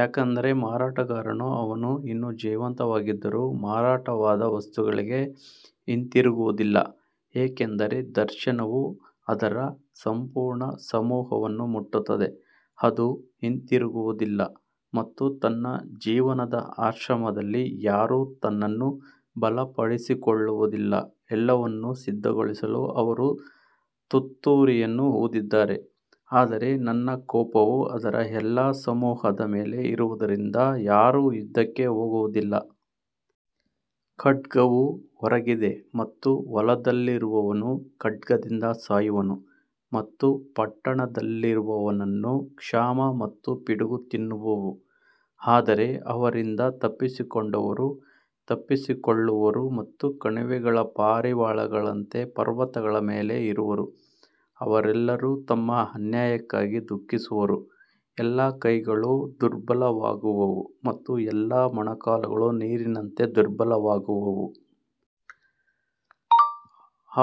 ಯಾಕಂದರೆ ಮಾರಾಟಗಾರನು ಅವರು ಇನ್ನೂ ಜೀವಂತವಾಗಿದ್ದರೂ ಮಾರಾಟವಾದ ವಸ್ತುಗಳಿಗೆ ಹಿಂತಿರುಗುವುದಿಲ್ಲ, ಏಕೆಂದರೆ ದರ್ಶನವು ಅದರ ಸಂಪೂರ್ಣ ಸಮೂಹವನ್ನು ಮುಟ್ಟುತ್ತದೆ, ಅದು ಹಿಂತಿರುಗುವುದಿಲ್ಲ ಮತ್ತು ತನ್ನ ಜೀವನದ ಅಕ್ರಮದಲ್ಲಿ ಯಾರೂ ತನ್ನನ್ನು ಬಲಪಡಿಸಿಕೊಳ್ಳುವುದಿಲ್ಲ. ಎಲ್ಲವನ್ನು ಸಿದ್ಧಗೊಳಿಸಲು ಅವರು ತುತ್ತೂರಿಯನ್ನು ಊದಿದ್ದಾರೆ, ಆದರೆ ನನ್ನ ಕೋಪವು ಅದರ ಎಲ್ಲಾ ಸಮೂಹದ ಮೇಲೆ ಇರುವುದರಿಂದ ಯಾರೂ ಯುದ್ಧಕ್ಕೆ ಹೋಗುವುದಿಲ್ಲ. ಖಡ್ಗವು ಹೊರಗಿದೆ ಮತ್ತು ಹೊಲದಲ್ಲಿರುವವನು ಖಡ್ಗದಿಂದ ಸಾಯುವನು ಮತ್ತು ಪಟ್ಟಣದಲ್ಲಿರುವವನನ್ನು ಕ್ಷಾಮ ಮತ್ತು ಪಿಡುಗು ತಿನ್ನುವವು. ಆದರೆ ಅವರಿಂದ ತಪ್ಪಿಸಿಕೊಂಡವರು ತಪ್ಪಿಸಿಕೊಳ್ಳುವರು ಮತ್ತು ಕಣಿವೆಗಳ ಪಾರಿವಾಳಗಳಂತೆ ಪರ್ವತಗಳ ಮೇಲೆ ಇರುವರು, ಅವರೆಲ್ಲರೂ ತಮ್ಮ ಅನ್ಯಾಯಕ್ಕಾಗಿ ದುಃಖಿಸುವರು. ಎಲ್ಲಾ ಕೈಗಳು ದುರ್ಬಲವಾಗುವವು ಮತ್ತು ಎಲ್ಲಾ ಮೊಣಕಾಲುಗಳು ನೀರಿನಂತೆ ದುರ್ಬಲವಾಗುವವು.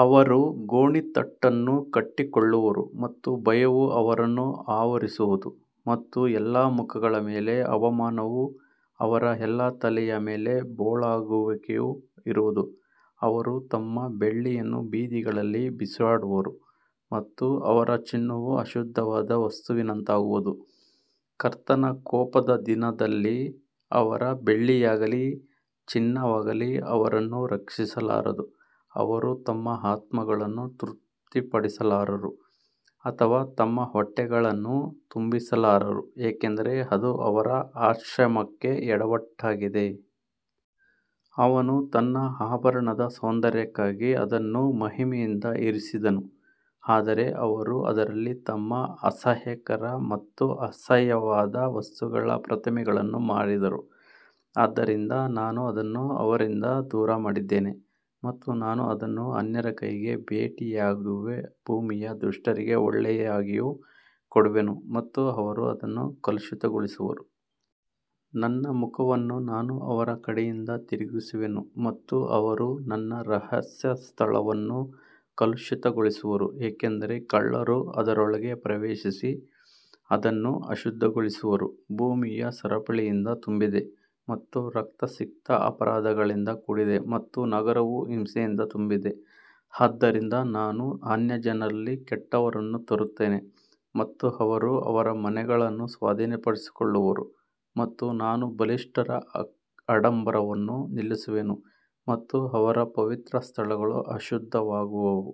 ಅವರು ಗೋಣಿತಟ್ಟನ್ನು ಕಟ್ಟಿಕೊಳ್ಳುವರು ಮತ್ತು ಭಯವು ಅವರನ್ನು ಆವರಿಸುವದು ಮತ್ತು ಎಲ್ಲಾ ಮುಖಗಳ ಮೇಲೆ ಅವಮಾನವೂ ಅವರ ಎಲ್ಲಾ ತಲೆಯ ಮೇಲೆ ಬೋಳಾಗುವಿಕೆಯೂ ಇರುವುದು. ಅವರು ತಮ್ಮ ಬೆಳ್ಳಿಯನ್ನು ಬೀದಿಗಳಲ್ಲಿ ಬಿಸಾಡುವರು ಮತ್ತು ಅವರ ಚಿನ್ನವು ಅಶುದ್ಧವಾದ ವಸ್ತುವಿನಂತಾಗುವುದು. ಕರ್ತನ ಕೋಪದ ದಿನದಲ್ಲಿ ಅವರ ಬೆಳ್ಳಿಯಾಗಲಿ ಚಿನ್ನವಾಗಲಿ ಅವರನ್ನು ರಕ್ಷಿಸಲಾರದು, ಅವರು ತಮ್ಮ ಆತ್ಮಗಳನ್ನು ತೃಪ್ತಿಪಡಿಸಲಾರರು ಅಥವಾ ತಮ್ಮ ಹೊಟ್ಟೆಗಳನ್ನು ತುಂಬಿಸಲಾರರು, ಏಕೆಂದರೆ ಅದು ಅವರ ಅಕ್ರಮಕ್ಕೆ ಎಡವಟ್ಟಾಗಿದೆ. ಅವನು ತನ್ನ ಆಭರಣದ ಸೌಂದರ್ಯಕ್ಕಾಗಿ ಅದನ್ನು ಮಹಿಮೆಯಿಂದ ಇರಿಸಿದನು, ಆದರೆ ಅವರು ಅದರಲ್ಲಿ ತಮ್ಮ ಅಸಹ್ಯಕರ ಮತ್ತು ಅಸಹ್ಯವಾದ ವಸ್ತುಗಳ ಪ್ರತಿಮೆಗಳನ್ನು ಮಾಡಿದರು, ಆದ್ದರಿಂದ ನಾನು ಅದನ್ನು ಅವರಿಂದ ದೂರಮಾಡಿದ್ದೇನೆ. ಮತ್ತು ನಾನು ಅದನ್ನು ಅನ್ಯರ ಕೈಗೆ ಬೇಟೆಯಾಗಿಯೂ ಭೂಮಿಯ ದುಷ್ಟರಿಗೆ ಕೊಳ್ಳೆಯಾಗಿಯೂ ಕೊಡುವೆನು ಮತ್ತು ಅವರು ಅದನ್ನು ಕಲುಷಿತಗೊಳಿಸುವರು. ನನ್ನ ಮುಖವನ್ನು ನಾನು ಅವರ ಕಡೆಯಿಂದ ತಿರುಗಿಸುವೆನು ಮತ್ತು ಅವರು ನನ್ನ ರಹಸ್ಯ ಸ್ಥಳವನ್ನು ಕಲುಷಿತಗೊಳಿಸುವರು, ಏಕೆಂದರೆ ಕಳ್ಳರು ಅದರೊಳಗೆ ಪ್ರವೇಶಿಸಿ ಅದನ್ನು ಅಶುದ್ಧಗೊಳಿಸುವರು. ಭೂಮಿಯು ಸರಪಳಿಯಿಂದ ತುಂಬಿದೆ ಮತ್ತು ರಕ್ತಸಿಕ್ತ ಅಪರಾಧಗಳಿಂದ ಕೂಡಿದೆ ಮತ್ತು ನಗರವು ಹಿಂಸೆಯಿಂದ ತುಂಬಿದೆ. ಆದ್ದರಿಂದ ನಾನು ಅನ್ಯಜನರಲ್ಲಿ ಕೆಟ್ಟವರನ್ನು ತರುತ್ತೇನೆ ಮತ್ತು ಅವರು ಅವರ ಮನೆಗಳನ್ನು ಸ್ವಾಧೀನಪಡಿಸಿಕೊಳ್ಳುವರು ಮತ್ತು ನಾನು ಬಲಿಷ್ಠರ ಆಡಂಬರವನ್ನು ನಿಲ್ಲಿಸುವೆನು ಮತ್ತು ಅವರ ಪವಿತ್ರ ಸ್ಥಳಗಳು ಅಶುದ್ಧವಾಗುವವು.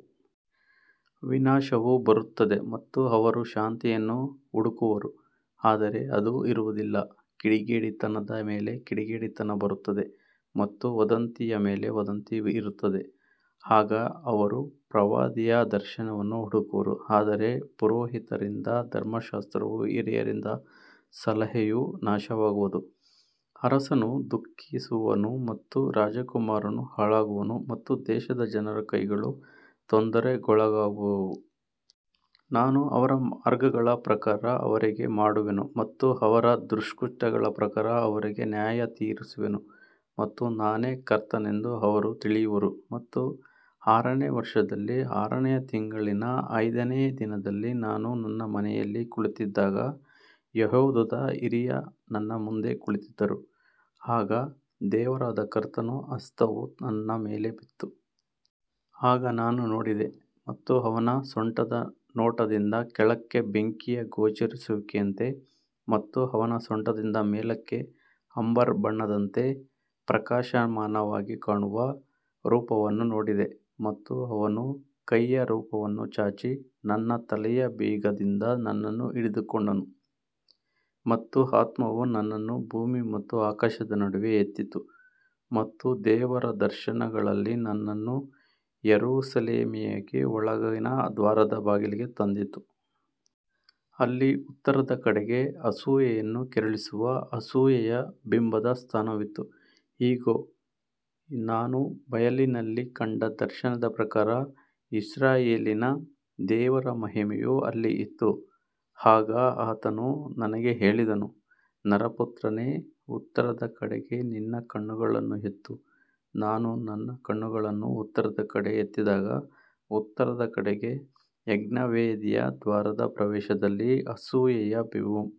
ವಿನಾಶವು ಬರುತ್ತದೆ ಮತ್ತು ಅವರು ಶಾಂತಿಯನ್ನು ಹುಡುಕುವರು ಆದರೆ ಅದು ಇರುವುದಿಲ್ಲ. ಕಿಡಿಗೇಡಿತನದ ಮೇಲೆ ಕಿಡಿಗೇಡಿತನ ಬರುತ್ತದೆ ಮತ್ತು ವದಂತಿಯ ಮೇಲೆ ವದಂತಿ ಇರುತ್ತದೆ. ಆಗ ಅವರು ಪ್ರವಾದಿಯ ದರ್ಶನವನ್ನು ಹುಡುಕುವರು, ಆದರೆ ಪುರೋಹಿತರಿಂದ ಧರ್ಮಶಾಸ್ತ್ರವೂ ಹಿರಿಯರಿಂದ ಸಲಹೆಯೂ ನಾಶವಾಗುವುದು. ಅರಸನು ದುಃಖಿಸುವನು ಮತ್ತು ರಾಜಕುಮಾರನು ಹಾಳಾಗುವನು ಮತ್ತು ದೇಶದ ಜನರ ಕೈಗಳು ತೊಂದರೆಗೊಳಗಾಗುವವು. ನಾನು ಅವರ ಮಾರ್ಗಗಳ ಪ್ರಕಾರ ಅವರಿಗೆ ಮಾಡುವೆನು ಮತ್ತು ಅವರ ದುಷ್ಕೃತ್ಯಗಳ ಪ್ರಕಾರ ಅವರಿಗೆ ನ್ಯಾಯತೀರಿಸುವೆನು ಮತ್ತು ನಾನೇ ಕರ್ತನೆಂದು ಅವರು ತಿಳಿಯುವರು. ಮತ್ತು ಆರನೆಯ ವರ್ಷದಲ್ಲಿ ಆರನೆಯ ತಿಂಗಳಿನ ಐದನೆಯ ದಿನದಲ್ಲಿ ನಾನು ನನ್ನ ಮನೆಯಲ್ಲಿ ಕುಳಿತಿದ್ದಾಗ ಯೆಹೂದದ ಹಿರಿಯರು ನನ್ನ ಮುಂದೆ ಕುಳಿತಿದ್ದರು, ಆಗ ದೇವರಾದ ಕರ್ತನ ಹಸ್ತವು ನನ್ನ ಮೇಲೆ ಬಿತ್ತು. ಆಗ ನಾನು ನೋಡಿದೆ ಮತ್ತು ಅವನ ಸೊಂಟದ ನೋಟದಿಂದ ಕೆಳಕ್ಕೆ ಬೆಂಕಿಯ ಗೋಚರಿಸುವಿಕೆಯಂತೆ ಮತ್ತು ಅವನ ಸೊಂಟದಿಂದ ಮೇಲಕ್ಕೆ ಅಂಬರ್ ಬಣ್ಣದಂತೆ ಪ್ರಕಾಶಮಾನವಾಗಿ ಕಾಣುವ ರೂಪವನ್ನು ನೋಡಿದೆ. ಮತ್ತು ಅವನು ಕೈಯ ರೂಪವನ್ನು ಚಾಚಿ ನನ್ನ ತಲೆಯ ಬೀಗದಿಂದ ನನ್ನನ್ನು ಹಿಡಿದುಕೊಂಡನು ಮತ್ತು ಆತ್ಮವು ನನ್ನನ್ನು ಭೂಮಿ ಮತ್ತು ಆಕಾಶದ ನಡುವೆ ಎತ್ತಿತು ಮತ್ತು ದೇವರ ದರ್ಶನಗಳಲ್ಲಿ ನನ್ನನ್ನು ಯೆರೂಸಲೇಮಿಗೆ ಒಳಗಿನ ದ್ವಾರದ ಬಾಗಿಲಿಗೆ ತಂದಿತು. ಅಲ್ಲಿ ಉತ್ತರದ ಕಡೆಗೆ ಅಸೂಯೆಯನ್ನು ಕೆರಳಿಸುವ ಅಸೂಯೆಯ ಬಿಂಬದ ಸ್ಥಾನವಿತ್ತು. ಇಗೋ, ನಾನು ಬಯಲಿನಲ್ಲಿ ಕಂಡ ದರ್ಶನದ ಪ್ರಕಾರ ಇಸ್ರಾಯೇಲಿನ ದೇವರ ಮಹಿಮೆಯು ಅಲ್ಲಿ ಇತ್ತು. ಆಗ ಆತನು ನನಗೆ ಹೇಳಿದನು, ನರಪುತ್ರನೇ, ಉತ್ತರದ ಕಡೆಗೆ ನಿನ್ನ ಕಣ್ಣುಗಳನ್ನು ಎತ್ತು. ನಾನು ನನ್ನ ಕಣ್ಣುಗಳನ್ನು ಉತ್ತರದ ಕಡೆಗೆ ಎತ್ತಿದಾಗ, ಉತ್ತರದ ಕಡೆಗೆ ಯಜ್ಞವೇದಿಯ ದ್ವಾರದ ಪ್ರವೇಶದಲ್ಲಿ ಅಸೂಯೆಯ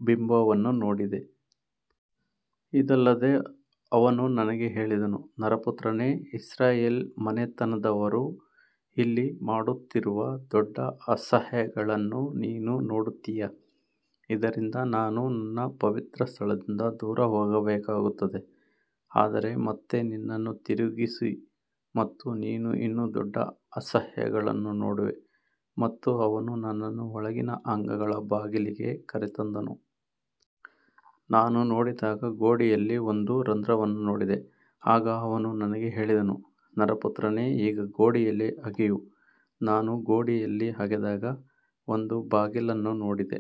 ಬಿಂಬವನ್ನು ನೋಡಿದೆ. ಇದಲ್ಲದೆ ಅವನು ನನಗೆ ಹೇಳಿದನು, ನರಪುತ್ರನೇ, ಇಸ್ರಾಯೇಲ್ ಮನೆತನದವರು ಇಲ್ಲಿ ಮಾಡುತ್ತಿರುವ ದೊಡ್ಡ ಅಸಹ್ಯಗಳನ್ನು ನೀನು ನೋಡುತ್ತೀಯಾ, ಇದರಿಂದ ನಾನು ನನ್ನ ಪವಿತ್ರಸ್ಥಳದಿಂದ ದೂರ ಹೋಗಬೇಕಾಗುತ್ತದೆ. ಆದರೆ ಮತ್ತೆ ನಿನ್ನನ್ನು ತಿರುಗಿಸು ಮತ್ತು ನೀನು ಇನ್ನೂ ದೊಡ್ಡ ಅಸಹ್ಯಗಳನ್ನು ನೋಡುವೆ. ಮತ್ತು ಅವನು ನನ್ನನ್ನು ಒಳಗಿನ ಅಂಗಳದ ಬಾಗಿಲಿಗೆ ಕರೆತಂದನು. ನಾನು ನೋಡಿದಾಗ ಗೋಡೆಯಲ್ಲಿ ಒಂದು ರಂಧ್ರವನ್ನು ನೋಡಿದೆ. ಆಗ ಅವನು ನನಗೆ ಹೇಳಿದನು, ನರಪುತ್ರನೇ, ಈಗ ಗೋಡೆಯಲ್ಲಿ ಅಗೆಯು. ನಾನು ಗೋಡೆಯಲ್ಲಿ ಅಗೆದಾಗ ಒಂದು ಬಾಗಿಲನ್ನು ನೋಡಿದೆ.